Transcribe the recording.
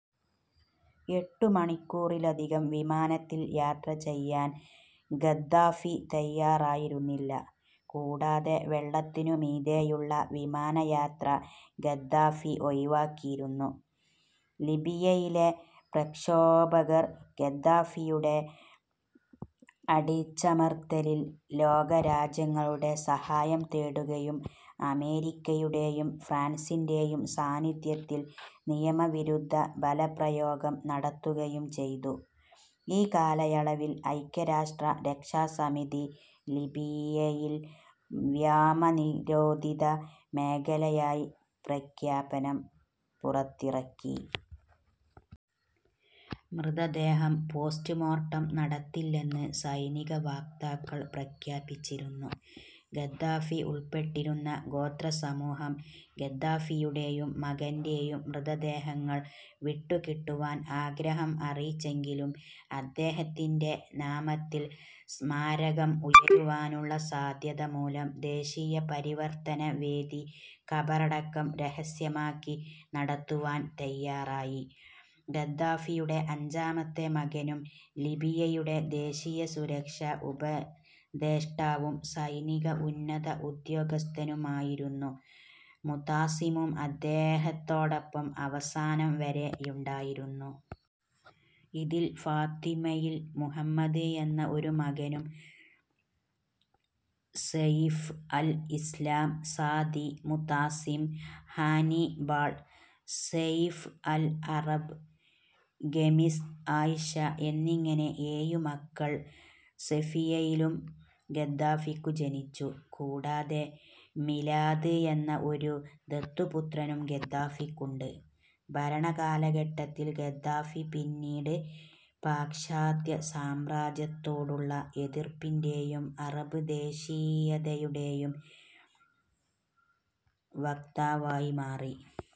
എട്ടു മണിക്കൂറിലധികം വിമാനത്തിൽ യാത്ര ചെയ്യാൻ ഖദ്ദാഫി തയ്യാറായിരുന്നില്ല. കൂടാതെ വെള്ളത്തിനു മീതെയുള്ള വിമാനയാത്ര ഖദ്ദാഫി ഒഴിവാക്കിയിരുന്നു. ലിബിയയിലെ പ്രഷോഭകർ ഖദ്ദാഫിയുടെ അടിച്ചമർത്തലിൽ ലോകരാജ്യങ്ങളുടെ സഹായം തേടുകയും അമേരിക്കയുടെയും ഫ്രാൻസിന്റെയും സാന്നിധ്യത്തിൽ നിയമവിരുദ്ധ ബലപ്രയോഗം നടത്തുകയും ചെയ്തു. ഈ കാലയളവിൽ ഐക്യരാഷ്ട്ര രക്ഷാസമിതി ലിബിയയിൽ വ്യോമനിരോധിത മേഖലയായി പ്രഖ്യാപനം പുറത്തിറക്കി. മൃതദേഹം പോസ്റ്റ്മോർട്ടം നടത്തില്ലെന്ന് സൈനികവക്താക്കൾ പ്രഖ്യാപിച്ചിരുന്നു. ഖദ്ദാഫി ഉൾപ്പെട്ടിരുന്ന ഗോത്രസമൂഹം ഖദ്ദാഫിയുടെയും മകന്റെയും മൃതദേഹങ്ങൾ വിട്ടുകിട്ടുവാൻ ആഗ്രഹം അറിയിച്ചെങ്കിലും അദ്ദേഹത്തിന്റെ നാമത്തിൽ സ്മാരകം ഉയരുവാനുള്ള സാധ്യത മൂലം ദേശീയ പരിവർത്തന വേദി കബറടക്കം രഹസ്യമാക്കി നടത്തുവാൻ തയ്യാറായി. ഖദ്ദാഫിയുടെ അഞ്ചാമത്തെ മകനും ലിബിയയുടെ ദേശീയ സുരക്ഷാ ഉപദേഷ്ടാവും സൈനിക ഉന്നത ഉദ്യോഗസ്ഥനുമായിരുന്നു മുതാസിമും അദ്ദേഹത്തോടൊപ്പം അവസാനം വരെയുണ്ടായിരുന്നു. ഇതിൽ ഫാത്തിമയിൽ മുഹമ്മദ് എന്ന ഒരു മകനും Saif al Islam, Saadi, Mutassim, Hannibal, Saif al Arab, Khamis, Aisha എന്നിങ്ങനെ ഏഴു മക്കൾ സഫിയയിലും ഖദ്ദാഫിക്കു ജനിച്ചു. കൂടാതെ മിലാദ് എന്ന ഒരു ദത്തുപുത്രനും ഗദാഫിക്കുണ്ട്. ഭരണകാലഘട്ടത്തിൽ ഖദ്ദാഫി പിന്നീട് പാശ്ചാത്യ സാമ്രാജ്യത്വത്തോടുള്ള എതിർപ്പിന്റെയും അറബ് ദേശീയതയുടെയും വക്താവായി മാറി.